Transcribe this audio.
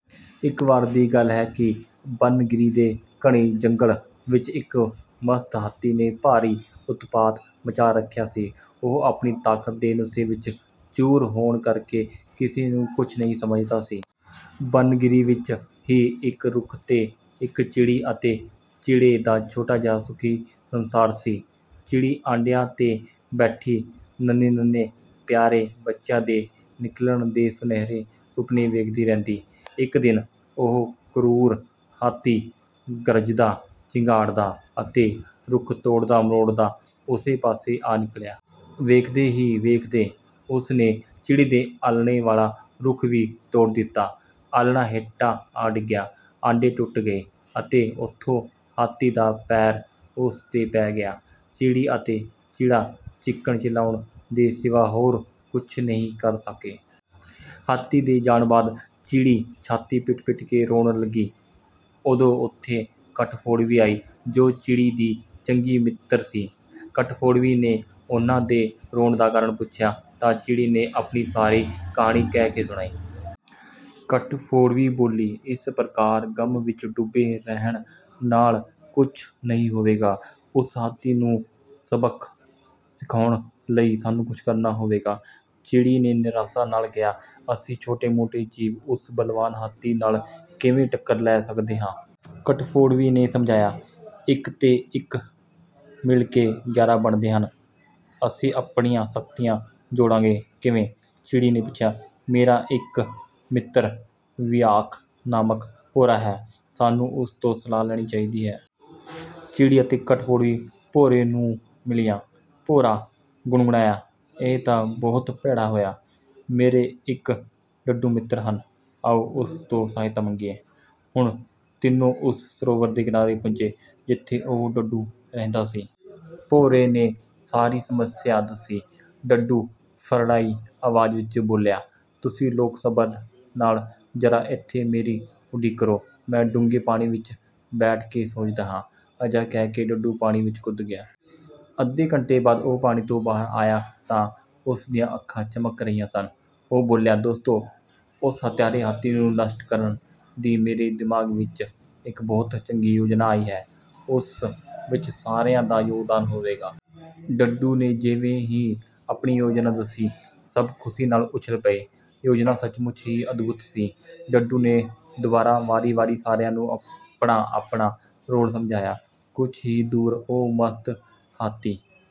ਇੱਕ ਵਾਰ ਦੀ ਗੱਲ ਹੈ ਕਿ ਬਨਗਿਰੀ ਦੇ ਘਣੇ ਜੰਗਲ ਵਿੱਚ ਇੱਕ ਮਸਤ ਹਾਥੀ ਨੇ ਭਾਰੀ ਉਤਪਾਤ ਮਚਾ ਰੱਖਿਆ ਸੀ। ਉਹ ਆਪਣੀ ਤਾਕਤ ਦੇ ਨਸ਼ੇ ਵਿੱਚ ਚੂਰ ਹੋਣ ਕਰਕੇ ਕਿਸੇ ਨੂੰ ਕੁਝ ਨਹੀਂ ਸਮਝਦਾ ਸੀ। ਬਨਗਿਰੀ ਵਿੱਚ ਹੀ ਇੱਕ ਰੁੱਖ 'ਤੇ ਇੱਕ ਚਿੜੀ ਅਤੇ ਚਿੜੇ ਦਾ ਛੋਟਾ ਜਿਹਾ ਸੁਖੀ ਸੰਸਾਰ ਸੀ। ਚਿੜੀ ਆਂਡਿਆਂ 'ਤੇ ਬੈਠੀ ਨੰ੍ਹੇ-ਨੰ੍ਹੇ ਪਿਆਰੇ ਬੱਚਿਆਂ ਦੇ ਨਿਕਲਣ ਦੇ ਸੁਨਹਰੇ ਸੁਪਨੇ ਵੇਖਦੀ ਰਹਿੰਦੀ। ਇੱਕ ਦਿਨ ਉਹ ਕਰੂਰ ਹਾਥੀ ਗਰਜਦਾ, ਚਿੰਘਾੜਦਾ ਅਤੇ ਰੁੱਖ ਤੋੜਦਾ-ਮਰੋੜਦਾ ਉਸੇ ਪਾਸੇ ਆ ਨਿਕਲਿਆ। ਵੇਖਦੇ ਹੀ ਵੇਖਦੇ ਉਸ ਨੇ ਚਿੜੀ ਦੇ ਆਲ੍ਹਣੇ ਵਾਲਾ ਰੁੱਖ ਵੀ ਤੋੜ ਦਿੱਤਾ। ਆਲ੍ਹਣਾ ਹੇਠਾਂ ਆ ਡਿੱਗਿਆ, ਆਂਡੇ ਟੁੱਟ ਗਏ ਅਤੇ ਉੱਤੋਂ ਹਾਥੀ ਦਾ ਪੈਰ ਉਸ 'ਤੇ ਪੈ ਗਿਆ। ਚਿੜੀ ਅਤੇ ਚਿੜਾ ਚੀਕਣ-ਚਿਲਾਉਣ ਦੇ ਸਿਵਾ ਹੋਰ ਕੁਝ ਨਹੀਂ ਕਰ ਸਕੇ। ਹਾਥੀ ਦੇ ਜਾਣ ਬਾਅਦ ਚਿੜੀ ਛਾਤੀ ਪਿੱਟ-ਪਿੱਟ ਕੇ ਰੋਣ ਲੱਗੀ। ਉਦੋਂ ਉੱਥੇ ਕੱਠਫੋੜਵੀ ਆਈ, ਜੋ ਚਿੜੀ ਦੀ ਚੰਗੀ ਮਿੱਤਰ ਸੀ। ਕੱਠਫੋੜਵੀ ਨੇ ਉਹਨਾਂ ਦੇ ਰੋਣ ਦਾ ਕਾਰਨ ਪੁੱਛਿਆ ਤਾਂ ਚਿੜੀ ਨੇ ਆਪਣੀ ਸਾਰੀ ਕਹਾਣੀ ਕਹਿ ਸੁਣਾਈ। ਕੱਠਫੋੜਵੀ ਬੋਲੀ, "ਇਸ ਪ੍ਰਕਾਰ ਗ਼ਮ ਵਿੱਚ ਡੁੱਬੇ ਰਹਿਣ ਨਾਲ ਕੁਝ ਨਹੀਂ ਹੋਵੇਗਾ। ਉਸ ਹਾਥੀ ਨੂੰ ਸਬਕ ਸਿਖਾਉਣ ਲਈ ਸਾਨੂੰ ਕੁਝ ਕਰਨਾ ਹੋਵੇਗਾ।" ਚਿੜੀ ਨੇ ਨਿਰਾਸ਼ਾ ਨਾਲ ਕਿਹਾ, "ਅਸੀਂ ਛੋਟੇ-ਮੋਟੇ ਜੀਵ ਉਸ ਬਲਵਾਨ ਹਾਥੀ ਨਾਲ ਕਿਵੇਂ ਟੱਕਰ ਲੈ ਸਕਦੇ ਹਾਂ?" ਕੱਠਫੋੜਵੀ ਨੇ ਸਮਝਾਇਆ, "ਇੱਕ ਤੇ ਇੱਕ ਮਿਲ ਕੇ ਗਿਆਰਾਂ ਬਣਦੇ ਹਨ। ਅਸੀਂ ਆਪਣੀਆਂ ਸ਼ਕਤੀਆਂ ਜੋੜਾਂਗੇ।" "ਕਿਵੇਂ?" ਚਿੜੀ ਨੇ ਪੁੱਛਿਆ। "ਮੇਰਾ ਇੱਕ ਮਿੱਤਰ ਵੀਂਆਖ ਨਾਮਕ ਭੌਰਾ ਹੈ, ਸਾਨੂੰ ਉਸ ਤੋਂ ਸਲਾਹ ਲੈਣੀ ਚਾਹੀਦੀ ਹੈ।" ਚਿੜੀ ਅਤੇ ਕੱਠਫੋੜਵੀ ਭੌਰੇ ਨੂੰ ਮਿਲੀਆਂ। ਭੌਰਾ ਗੁਣਗੁਣਾਇਆ, "ਇਹ ਤਾਂ ਬਹੁਤ ਭੈੜਾ ਹੋਇਆ। ਮੇਰੇ ਇੱਕ ਡੱਡੂ ਮਿੱਤਰ ਹਨ, ਆਓ ਉਸ ਤੋਂ ਸਹਾਇਤਾ ਮੰਗੀਏ।" ਹੁਣ ਤਿੰਨੋਂ ਉਸ ਸਰੋਵਰ ਦੇ ਕਿਨਾਰੇ ਪੁੱਜੇ ਜਿੱਥੇ ਉਹ ਡੱਡੂ ਰਹਿੰਦਾ ਸੀ। ਭੌਰੇ ਨੇ ਸਾਰੀ ਸਮੱਸਿਆ ਦੱਸੀ। ਡੱਡੂ ਭਰੜਾਈ ਆਵਾਜ਼ ਵਿੱਚ ਬੋਲਿਆ, "ਤੁਸੀਂ ਲੋਕ ਸਬਰ ਨਾਲ ਜ਼ਰਾ ਇੱਥੇ ਮੇਰੀ ਉਡੀਕ ਕਰੋ, ਮੈਂ ਡੂੰਘੇ ਪਾਣੀ ਵਿੱਚ ਬੈਠ ਕੇ ਸੋਚਦਾ ਹਾਂ।" ਅਜਿਹਾ ਕਹਿ ਕੇ ਡੱਡੂ ਪਾਣੀ ਵਿੱਚ ਕੁੱਦ ਗਿਆ। ਅੱਧੇ ਘੰਟੇ ਬਾਅਦ ਉਹ ਪਾਣੀ ਤੋਂ ਬਾਹਰ ਆਇਆ ਤਾਂ ਉਸ ਦੀਆਂ ਅੱਖਾਂ ਚਮਕ ਰਹੀਆਂ ਸਨ। ਉਹ ਬੋਲਿਆ, "ਦੋਸਤੋ! ਉਸ ਹੱਤਿਆਰੇ ਹਾਥੀ ਨੂੰ ਨਸ਼ਟ ਕਰਨ ਦੀ ਮੇਰੇ ਦਿਮਾਗ਼ ਵਿੱਚ ਇੱਕ ਬਹੁਤ ਚੰਗੀ ਯੋਜਨਾ ਆਈ ਹੈ, ਉਸ ਵਿੱਚ ਸਾਰਿਆਂ ਦਾ ਯੋਗਦਾਨ ਹੋਵੇਗਾ।" ਡੱਡੂ ਨੇ ਜਿਵੇਂ ਹੀ ਆਪਣੀ ਯੋਜਨਾ ਦੱਸੀ, ਸਭ ਖ਼ੁਸ਼ੀ ਨਾਲ ਉੱਛਲ ਪਏ। ਯੋਜਨਾ ਸਚਮੁੱਚ ਹੀ ਅਦਭੁਤ ਸੀ। ਡੱਡੂ ਨੇ ਦੁਬਾਰਾ ਵਾਰੀ-ਵਾਰੀ ਸਾਰਿਆਂ ਨੂੰ ਆਪਣਾ-ਆਪਣਾ ਰੋਲ ਸਮਝਾਇਆ। ਕੁਝ ਹੀ ਦੂਰ ਉਹ ਮਸਤ ਹਾਥੀ